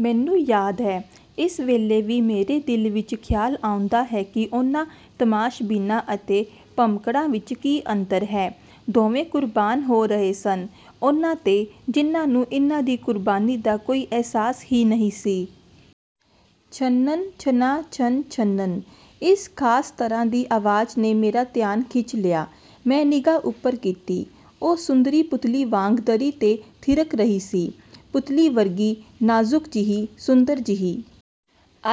ਮੈਨੂੰ ਯਾਦ ਹੈ, ਇਸ ਵੇਲੇ ਵੀ ਮੇਰੇ ਦਿਲ ਵਿਚ ਖਿਆਲ ਆਉਂਦਾ ਹੈ ਕਿ ਉਨ੍ਹਾਂ ਤਮਾਸ਼ਬੀਨਾਂ ਅਤੇ ਭਮੱਕੜਾਂ ਵਿਚ ਕੀ ਅੰਤਰ ਹੈ? ਦੋਵੇਂ ਕੁਰਬਾਨ ਹੋ ਰਹੇ ਸਨ, ਉਨ੍ਹਾਂ 'ਤੇ ਜਿਨ੍ਹਾਂ ਨੂੰ ਇਨ੍ਹਾਂ ਦੀ ਕੁਰਬਾਨੀ ਦਾ ਕੋਈ ਅਹਿਸਾਸ ਹੀ ਨਹੀਂ ਸੀ। ਛਨਣ ਛਣਾ ਛਣ ਛਨਣ ਇਸ ਖ਼ਾਸ ਤਰ੍ਹਾਂ ਦੀ ਆਵਾਜ਼ ਨੇ ਮੇਰਾ ਧਿਆਨ ਖਿੱਚ ਲਿਆ। ਮੈਂ ਨਿਗ੍ਹਾ ਉਪਰ ਕੀਤੀ। ਉਹ ਸੁੰਦਰੀ ਪੁਤਲੀ ਵਾਂਗ ਦਰੀ 'ਤੇ ਥਿਰਕ ਰਹੀ ਸੀ। ਪੁਤਲੀ ਵਰਗੀ, ਨਾਜ਼ੁਕ ਜਿਹੀ, ਸੁੰਦਰ ਜਿਹੀ।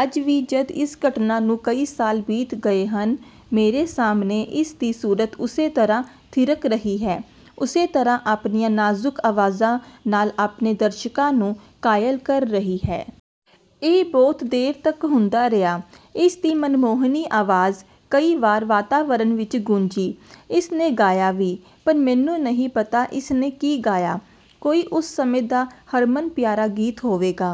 ਅੱਜ ਵੀ ਜਦ ਇਸ ਘਟਨਾ ਨੂੰ ਕਈ ਸਾਲ ਬੀਤ ਗਏ ਹਨ, ਮੇਰੇ ਸਾਹਮਣੇ ਇਸ ਦੀ ਸੂਰਤ ਉਸੇ ਤਰ੍ਹਾਂ ਥਿਰਕ ਰਹੀ ਹੈ। ਉਸੇ ਤਰ੍ਹਾਂ ਆਪਣੀਆਂ ਨਾਜ਼ੁਕ ਅਦਾਵਾਂ ਨਾਲ ਆਪਣੇ ਦਰਸ਼ਕਾਂ ਨੂੰ ਘਾਇਲ ਕਰ ਰਹੀ ਹੈ। ਇਹ ਬਹੁਤ ਦੇਰ ਤਕ ਹੁੰਦਾ ਰਿਹਾ, ਇਸ ਦੀ ਮਨਮੋਹਣੀ ਆਵਾਜ਼ ਕਈ ਵਾਰ ਵਾਤਾਵਰਨ ਵਿਚ ਗੂੰਜੀ। ਇਸ ਨੇ ਗਾਇਆ ਵੀ, ਪਰ ਮੈਨੂੰ ਨਹੀਂ ਪਤਾ ਇਸ ਨੇ ਕੀ ਗਾਇਆ। ਕੋਈ ਉਸ ਸਮੇਂ ਦਾ ਹਰਮਨ ਪਿਆਰਾ ਗੀਤ ਹੋਵੇਗਾ।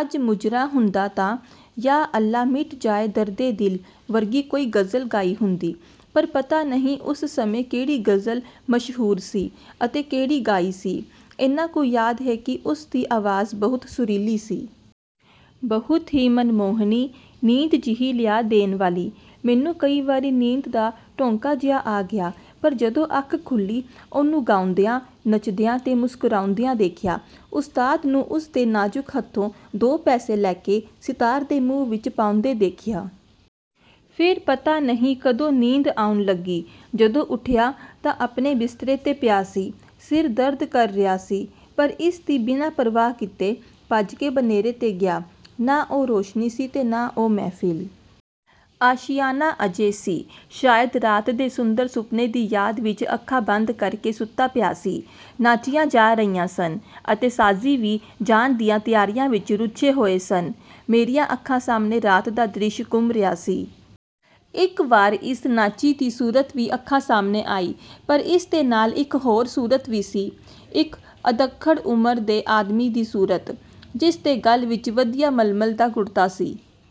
ਅੱਜ 'ਮੁਜਰਾ' ਹੁੰਦਾ ਤਾਂ 'ਯਾ ਅੱਲਾ ਮਿਟ ਜਾਏ ਦਰਦੇ ਦਿਲ' ਵਰਗੀ ਕੋਈ ਗ਼ਜ਼ਲ ਗਾਈ ਹੁੰਦੀ ਪਰ ਪਤਾ ਨਹੀਂ ਉਸ ਸਮੇਂ ਕਿਹੜੀ ਗਜ਼ਲ ਮਸ਼ਹੂਰ ਸੀ ਅਤੇ ਕਿਹੜੀ ਗਾਈ ਸੀ। ਐਨਾ ਕੁ ਯਾਦ ਹੈ ਕਿ ਉਸ ਦੀ ਆਵਾਜ਼ ਬਹੁਤ ਸੁਰੀਲੀ ਸੀ। ਬਹੁਤ ਹੀ ਮਨਮੋਹਣੀ, ਨੀਂਦ ਜਿਹੀ ਲਿਆ ਦੇਣ ਵਾਲੀ। ਮੈਨੂੰ ਕਈ ਵਾਰੀ ਨੀਂਦ ਦਾ ਢੌਂਕਾ ਜਿਹਾ ਆ ਗਿਆ ਪਰ ਜਦੋਂ ਅੱਖ ਖੁੱਲ੍ਹੀ, ਉਹਨੂੰ ਗਾਉਂਦਿਆਂ, ਨੱਚਦਿਆਂ ਤੇ ਮੁਸਕਰਾਉਂਦਿਆਂ ਦੇਖਿਆ। ਉਸਤਾਦ ਨੂੰ ਉਸ ਦੇ ਨਾਜ਼ੁਕ ਹੱਥੋਂ ਦੋ ਪੈਸੇ ਲੈ ਕੇ ਸਿਤਾਰ ਦੇ ਮੂੰਹ ਵਿਚ ਪਾਉਂਦੇ ਦੇਖਿਆ। ਫਿਰ ਪਤਾ ਨਹੀਂ ਕਦੋਂ ਨੀਂਦ ਆਉਣ ਲੱਗੀ। ਜਦੋਂ ਉਠਿਆ ਤਾਂ ਆਪਣੇ ਬਿਸਤਰੇ 'ਤੇ ਪਿਆ ਸੀ। ਸਿਰ ਦਰਦ ਕਰ ਰਿਹਾ ਸੀ ਪਰ ਇਸ ਦੀ ਬਿਨਾਂ ਪਰਵਾਹ ਕੀਤਿਆਂ ਭੱਜ ਕੇ ਬਨੇਰੇ 'ਤੇ ਗਿਆ। ਨਾ ਉਹ ਰੋਸ਼ਨੀ ਸੀ ਤੇ ਨਾ ਉਹ ਮਹਿਫਿਲ। ਸ਼ਾਮਿਆਨਾ ਅਜੇ ਸੀ। ਸ਼ਾਇਦ ਰਾਤ ਦੇ ਸੁੰਦਰ ਸੁਪਨੇ ਦੀ ਯਾਦ ਵਿਚ ਅੱਖਾਂ ਬੰਦ ਕਰ ਕੇ ਸੁੱਤਾ ਪਿਆ ਸੀ। ਨਾਚੀਆਂ ਜਾ ਰਹੀਆਂ ਸਨ ਅਤੇ ਸਾਜ਼ੀ ਵੀ ਜਾਣ ਦੀਆਂ ਤਿਆਰੀਆਂ ਵਿਚ ਰੁਝੇ ਹੋਏ ਸਨ। ਮੇਰੀਆਂ ਅੱਖਾਂ ਸਾਹਮਣੇ ਰਾਤ ਦਾ ਦ੍ਰਿਸ਼ ਘੁੰਮ ਰਿਹਾ ਸੀ। ਇਕ ਵਾਰ ਇਸ ਨਾਚੀ ਦੀ ਸੂਰਤ ਵੀ ਅੱਖਾਂ ਸਾਹਮਣੇ ਆਈ, ਪਰ ਇਸ ਦੇ ਨਾਲ ਇਕ ਹੋਰ ਸੂਰਤ ਵੀ ਸੀ। ਇਕ ਅੱਧਖੜ ਉਮਰ ਦੇ ਆਦਮੀ ਦੀ ਸੂਰਤ ਜਿਸ ਦੇ ਗਲ ਵਿਚ ਵਧੀਆ ਮਲਮਲ ਦਾ ਕੁੜਤਾ ਸੀ।